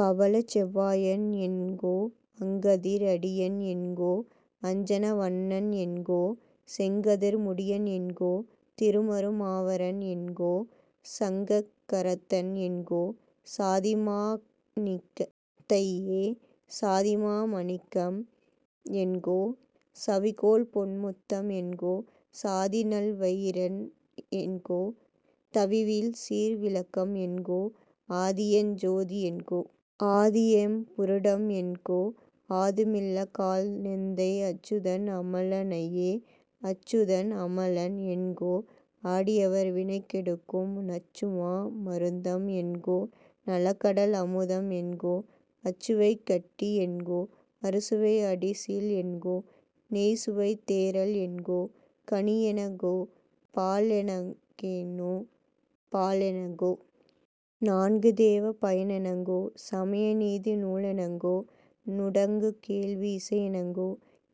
பவளச்செவ் வாயன் என்கோ, அங்கதிர் அடியன் என்கோ. அஞ்சன வண்ணன் என்கோ, செங்கதிர் முடியன் என்கோ. திருமறு மார்வன் என்கோ, சங்குசக் கரத்தன் என்கோ. சாதிமா ணிக்கத் தையே.. சாதிமா ணிக்கம் என்கோ. சவிகோள்பொன் முத்தம் என்கோ, சாதிநல் வயிரம் என்கோ, தவிவில்சீர் விளக்கம் என்கோ, ஆதியஞ் சோதி என்கோ. ஆதியம் புருடன் என்கோ, ஆதுமில் காலத் தெந்தை அச்சுதன் அமல னையே.. அச்சுதன் அமலன் என்கோ, அடியவர் வினைகெடுக்கும், நச்சுமா மருந்தம் என்கோ. நலங்கடல் அமுதம் என்கோ, அச்சுவைக் கட்டி என்கோ. அறுசுவை அடிசில் என்கோ, நெய்ச்சுவைத் தேறல் என்கோ. கனியென்கோ. பாலென் கேனோ.. பாலென்கோ. நான்கு வேதப் பயனென்கோ, சமய நீதி நூலென்கோ. நுடங்கு கேள்வி இசையென்கோ.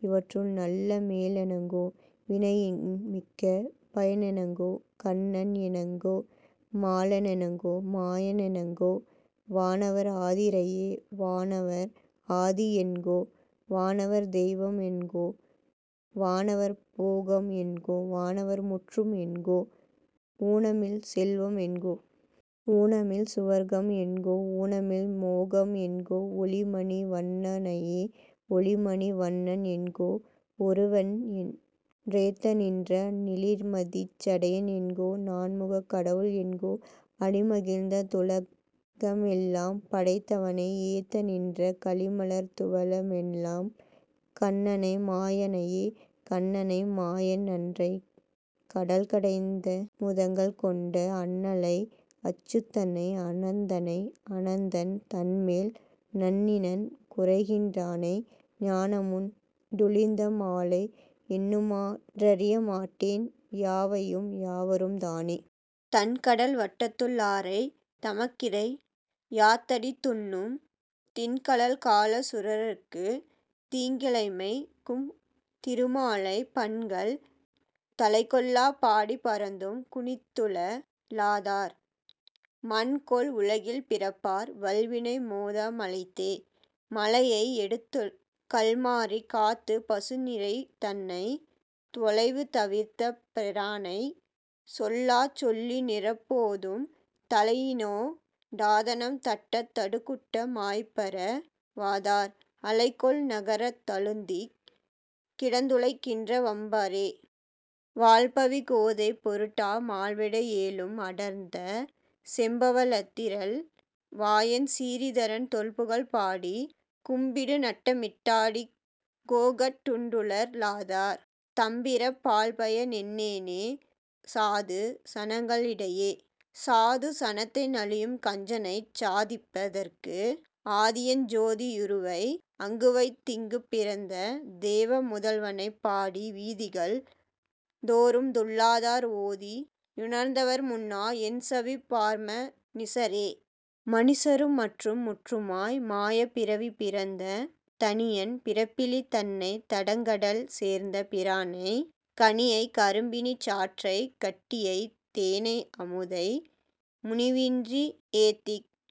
இவற்றுள் நல்ல மேலென்கோ, வினையின் மிக்க பயனென்கோ, கண்ணன் என்கோ. மாலென்கோ. மாயன் என்கோ வானவர் ஆதி யையே.. வானவர் ஆதி என்கோ. வானவர் தெய்வம் என்கோ, வானவர் போகம் என்கோ. வானவர் முற்றும் என்கோ, ஊனமில் செல்வம் என்கோ. ஊனமில் சுவர்க்கம் என்கோ, ஊனமில் மோக்கம் என்கோ. ஒளிமணி வண்ண னையே.. ஒளிமணி வண்ணன் என்கோ. ஒருவனென் றேத்த நின்ற நளிர்மதிச் சடையன் என்கோ. நான்முகக் கடவுள் என்கோ, அளிமகிழ்ந் துலகமெல்லாம் படைத்தவை ஏத்த நின்ற, களிமலர்த் துளவ னெம்மான் கண்ணனை மாய னையே.. கண்ணனை மாயன் றன்னைக் கடல்கடைந் தமுதங் கொண்ட, அண்ணலை அச்சு தன்னை அனந்தனை அனந்தன் தன்மேல், நண்ணிநன் குறைகின் றானை ஞாலமுண் டுமிழ்ந்த மாலை, எண்ணுமா றறிய மாட்டேன், யாவையும் யவரும் தானே.. தண்கடல் வட்டத்துள் ளாரைத் தமக்கிரை யாத்தடிந் துண்ணும், திண்கழற் காலசு ரர்க்குத் தீங்கிழைக் கும்திரு மாலை, பண்கள் தலைக்கொள்ளப் பாடிப் பறந்தும் குனித்துழ லாதார், மண்கொள் உலகில் பிறப்பார் வல்வினை மோத மலைந்தே.. மலையை யெடுத்துக்கல் மாரி காத்துப் பசுநிரை தன்னை, தொலைவு தவிர்த்த பிரானைச் சொல்லிச்சொல் லிநிறெப் போதும், தலையினோ டாதனம் தட்டத் தடுகுட்ட மாய்ப்பற வாதார், அலைகொள் நரகத் தழுந்திக் கிடந்துழைக் கின்ற வம்பரே.. வம்பவிழ் கோதை பொருட்டா மால்விடை யேழும் அடர்த்த, செம்பவ ளத்திரள் வாயன் சிரீதரன் தொல்புகழ் பாடி, கும்பிடு நட்டமிட் டாடிக் கோகுகட் டுண்டுழ லாதார், தம்பிறப் பால்பய னென்னே சாது சனங்க ளிடையே?. சாது சனத்தை நலியும் கஞ்சனைச் சாதிப்ப தற்கு, ஆதியஞ் சோதி யுருவை அங்குவைத் திங்குப் பிறந்த, வேத முதல்வனைப் பாடி வீதிகள் தோறும்துள் ளாதார், ஓதி யுணர்ந்தவர் முன்னா என்சவிப் பார்ம னிசரே?. மனிசரும் மற்றும் முற்றுமாய் மாயப் பிறவி பிறந்த, தனியன் பிறப்பிலி தன்னைத் தடங்கடல் சேர்ந்த பிரானை, கனியைக் கரும்பினின் சாற்றைக் கட்டியைத் தேனை அமுதை, முனிவின்றி ஏத்திக்